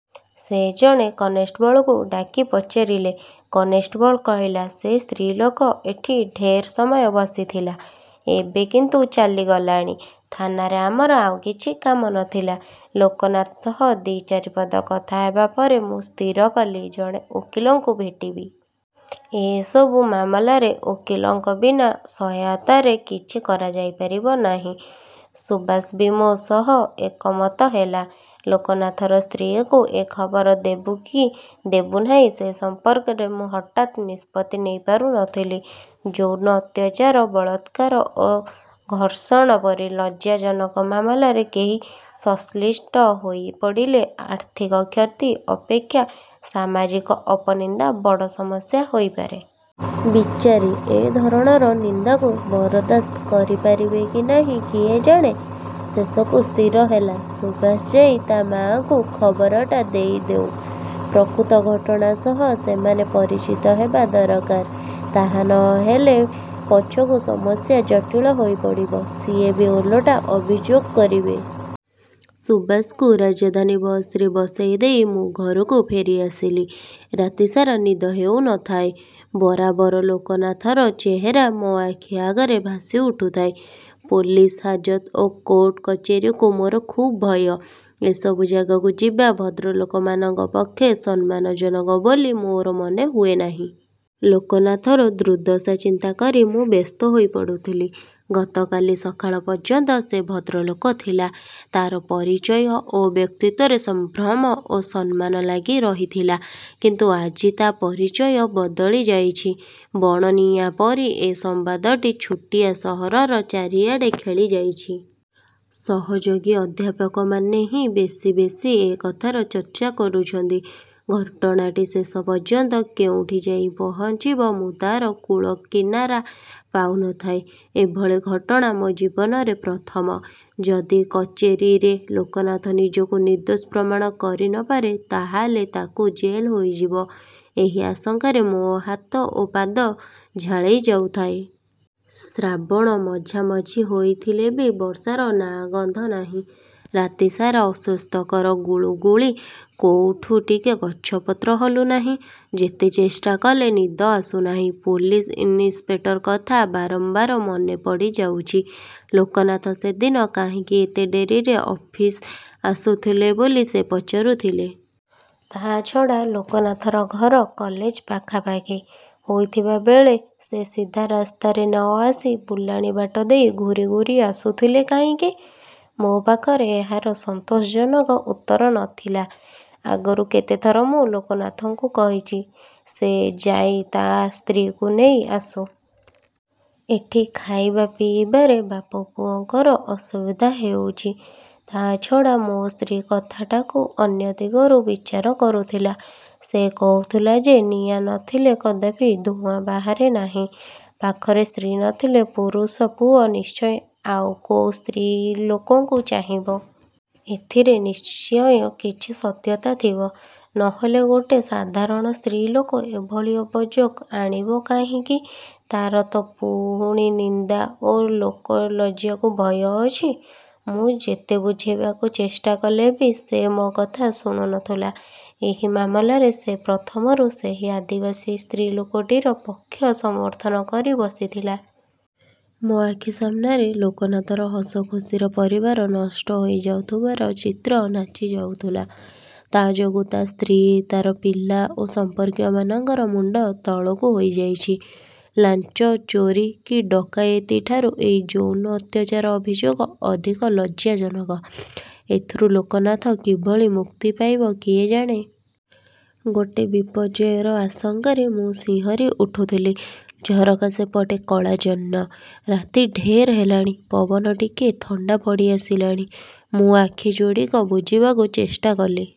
" ସେ ଜଣେ କନେଷ୍ଟବଳକୁ ଡାକି ପଚାରିଲେ। କନେଷ୍ଟବଳ କହିଲା, "ସେ ସ୍ତ୍ରୀଲୋକ ଏଠି ଢେର୍ ସମୟ ବସିଥିଲା, ଏବେ କିନ୍ତୁ ଚାଲିଗଲାଣି। " ଥାନାରେ ଆମର ଆଉ କିଛି କାମ ନ ଥିଲା। ଲୋକନାଥ ସହ ଦି ଚାରିପଦ କଥା ହେବାପରେ ମୁଁ ସ୍ଥିର କଲି ଜଣେ ଓକିଲଙ୍କୁ ଭେଟିବି। ଏସବୁ ମାମଲାରେ ଓକିଲଙ୍କ ବିନା ସହାୟତାରେ କିଛି କରାଯାଇପାରିବ ନାହିଁ। ସୁଭାଷ ବି ମୋ ସହ ଏକମତ ହେଲା। ଲୋକନାଥର ସ୍ତ୍ରୀକୁ ଏ ଖବର ଦେବୁ କି ଦେବୁ ନାହିଁ ସେ ସମ୍ପର୍କରେ ମୁଁ ହଠାତ୍ ନିଷ୍ପତ୍ତି ନେଇପାରୁ ନଥିଲି। ଯୌନ ଅତ୍ୟାଚାର, ବଳାତ୍କାର ଓ ଧର୍ଷଣ ପରି ଲଜ୍ଜାଜନକ ମାମଲାରେ କେହି ସଂଶ୍ଳିଷ୍ଟ ହୋଇପଡ଼ିଲେ ଆର୍ଥିକ କ୍ଷତି ଅପେକ୍ଷା ସାମାଜିକ ଅପନିନ୍ଦା ବଡ଼ ସମସ୍ୟା ହୋଇପଡ଼େ। ବିଚାରୀ! ଏ ଧରଣର ନିନ୍ଦାକୁ ବରଦାସ୍ତ କରିପାରିବେ କି ନାହିଁ କିଏ ଜାଣେ। ଶେଷକୁ ସ୍ଥିରହେଲା, ସୁଭାଷ ଯାଇ ତା ମାଆକୁ ଖବରଟା ଦେଇଦେଉ। ପ୍ରକୃତ ଘଟଣା ସହ ସେମାନେ ପରିଚିତ ହେବା ଦରକାର! ତାହା ନ ହେଲେ ପଛକୁ ସମସ୍ୟା ଜଟିଳ ହୋଇପଡ଼ିବ। ସିଏ ବି ଓଲଟା ଅଭିଯୋଗ କରିବେ। ସୁଭାଷକୁ ରାଜଧାନୀ ବସରେ ବସେଇ ଦେଇ ମୁଁ ଘରକୁ ଫେରିଆସିଲି। ରାତିସାରା ନିଦ ହେଉ ନଥାଏ। ବରାବର ଲୋକନାଥର ଚେହେରା ମୋ ଆଖି ଆଗରେ ଭାସି ଉଠୁଥାଏ। ପୋଲିସ୍, ହାଜତ ଓ କୋର୍ଟ କଚେରିକୁ ମୋର ଖୁବ୍ ଭୟ। ଏସବୁ ଜାଗାକୁ ଯିବା ଭଦ୍ରଲୋକମାନଙ୍କ ପକ୍ଷେ ସମ୍ମାନଜନକ ବୋଲି ମୋର ମନେହୁଏ ନାହିଁ। ଲୋକନାଥର ଦୁର୍ଦ୍ଦଶା ଚିନ୍ତା କରି ମୁଁ ବ୍ୟସ୍ତ ହୋଇପଡ଼ୁଥିଲି। ଗତକାଲି ସକାଳ ପର୍ଯ୍ୟନ୍ତ ସେ ଭଦ୍ରଲୋକ ଥିଲା। ତାର ପରିଚୟ ଓ ବ୍ୟକ୍ତିତ୍ୱରେ ସଂଭ୍ରମ ଓ ସମ୍ମାନ ଲାଗି ରହିଥିଲା। କିନ୍ତୁ ଆଜି ତା ପରିଚୟ ବଦଳି ଯାଇଚି। ବଣନିଆଁ ପରି ଏ ସମ୍ବାଦଟି ଛୋଟିଆ ସହରର ଚାରିଆଡ଼େ ଖେଳିଯାଇଛି। ସହଯୋଗୀ ଅଧ୍ୟାପକମାନେ ହିଁ ବେଶୀ ବେଶୀ ଏ କଥାର ଚର୍ଚ୍ଚା କରୁଛନ୍ତି। ଘଟଣାଟି ଶେଷ ପର୍ଯ୍ୟନ୍ତ କୋଉଠି ଯାଇ ପହଞ୍ଚିବ ମୁଁ ତାର କୂଳକିନାରା ପାଉ ନ ଥାଏ। ଏଭଳି ଘଟଣା ମୋ ଜୀବନରେ ପ୍ରଥମ। ଯଦି କଚେରିରେ ଲୋକନାଥ ନିଜକୁ ନିର୍ଦ୍ଦୋଷ ପ୍ରମାଣ କରି ନପାରେ ତାହାହେଲେ ତାକୁ ଜେଲ୍ ହୋଇଯିବ-ଏହି ଆଶଙ୍କାରେ ମୋ ହାତ ଓ ପାଦ ଝାଳେଇ ଯାଉଥାଏ। ଶ୍ରାବଣ ମଝାମଝି ହୋଇଥିଲେ ବି ବର୍ଷାର ନାଁ-ଗନ୍ଧ ନାହିଁ। ରାତିସାରା ଅସ୍ୱସ୍ତିକର ଗୁଳୁଗୁଳି। କୋଉଠି ଟିକେ ଗଛପତ୍ର ହଲୁନାହିଁ। ଯେତେ ଚେଷ୍ଟା କଲେ ନିଦ ଆସୁ ନାହିଁ। ପୋଲିସ୍ ଇନିସ୍ପେକ୍ଟରର କଥାଟା ବାରମ୍ବାର ମନେ ପଡ଼ିଯାଉଛି। ଲୋକନାଥ ସେଦିନ କାହିଁକି ଏତେ ଡେରିରେ ଅଫିସ୍ରୁ ଆସୁଥିଲେ ବୋଲି ସେ ପଚାରୁଥିଲେ। ତା'ଛଡ଼ା ଲୋକନାଥର ଘର କଲେଜ ପାଖାପାଖି ହୋଇଥିଲାବେଳେ ସେ ସିଧା ରାସ୍ତାରେ ନ ଆସି ବୁଲାଣି ବାଟ ଦେଇ ଘୂରି ଘୂରି ଆସୁଥିଲେ କାହିଁକି? ମୋ ପାଖରେ ଏହାର ସନ୍ତୋଷଜନକ ଉତ୍ତର ନ ଥିଲା। ଆଗରୁ କେତେଥର ମୁଁ ଲୋକନାଥକୁ କହିଛି, ସେ ଯାଇ ତା ସ୍ତ୍ରୀକୁ ନେଇ ଆସୁ। ଏଠି ଖାଇବା ପିଇବାରେ ବାପପୁଅଙ୍କର ଅସୁବିଧା ହେଉଛି। ତାଛଡ଼ା ମୋ ସ୍ତ୍ରୀ କଥାଟାକୁ ଅନ୍ୟ ଦିଗରୁ ବିଚାର କରୁଥିଲା। ସେ କହୁଥିଲା ଯେ ନିଆଁ ନଥିଲେ କଦାପି ଧୂଆଁ ବାହାରେ ନାହିଁ। ପାଖରେ ସ୍ତ୍ରୀ ନଥିଲେ ପୁରୁଷ ପୁଅ ନିଶ୍ଚୟ ଆଉ କୋଉ ସ୍ତ୍ରୀଲୋକକୁ ଚାହିଁବ। ଏଥିରେ ନିଶ୍ଚୟ କିଛି ସତ୍ୟତା ଥିବ। ନହେଲେ ଗୋଟେ ସାଧାରଣ ସ୍ତ୍ରୀଲୋକ ଏଭଳି ଅଭିଯୋଗ ଆଣିବ କାହିଁକି? ତାର ତ ପୁଣି ନିନ୍ଦା ଓ ଲୋକଲଜ୍ଜାକୁ ଭୟ ଅଛି? ମୁଁ ଯେତେ ବୁଝେଇବାକୁ ଚେଷ୍ଟା କଲେ ବି ସେ ମୋ କଥା ଶୁଣୁ ନଥିଲା। ଏହି ମାମଲାରେ ସେ ପ୍ରଥମରୁ ସେଇ ଆଦିବାସୀ ସ୍ତ୍ରୀଲୋକଟିର ପକ୍ଷ ସମର୍ଥନ କରି ବସିଥିଲା। ମୋ ଆଖି ସାମ୍ନାରେ ଲୋକନାଥର ହସଖୁସିର ପରିବାର ନଷ୍ଟ ହୋଇଯାଉଥିବାର ଚିତ୍ର ନାଚିଯାଉଥିଲା। ତା ଯୋଗୁଁ ତା ସ୍ତ୍ରୀ, ତାର ପିଲା ଓ ସଂପର୍କୀୟମାନଙ୍କର ମୁଣ୍ଡ ତଳକୁ ହୋଇଯାଇଛି। ଲାଞ୍ଚ, ଚୋରି କି ଡକେଇତିଠାରୁ ଏଇ ଯୌନ ଅତ୍ୟାଚାର ଅଭିଯୋଗ ଅଧିକ ଲଜ୍ଜାଜନକ। ଏଥିରୁ ଲୋକନାଥ କିଭଳି ମୁକ୍ତି ପାଇବ କିଏ ଜାଣେ? ଗୋଟେ ବିପର୍ଯ୍ୟୟର ଆଶଙ୍କାରେ ମୁଁ ଶିହରି ଉଠୁଥିଲି। ଝରକା ସେପଟେ କଳାଜହ୍ନ। ରାତି ଢେର୍ ହେଲାଣି। ପବନ ଟିକେ ଥଣ୍ଡା ପଡ଼ିଆସିଲାଣି। ମୁଁ ଆଖିଯୋଡ଼ିକ ବୁଜିବାକୁ ଚେଷ୍ଟା କଲି।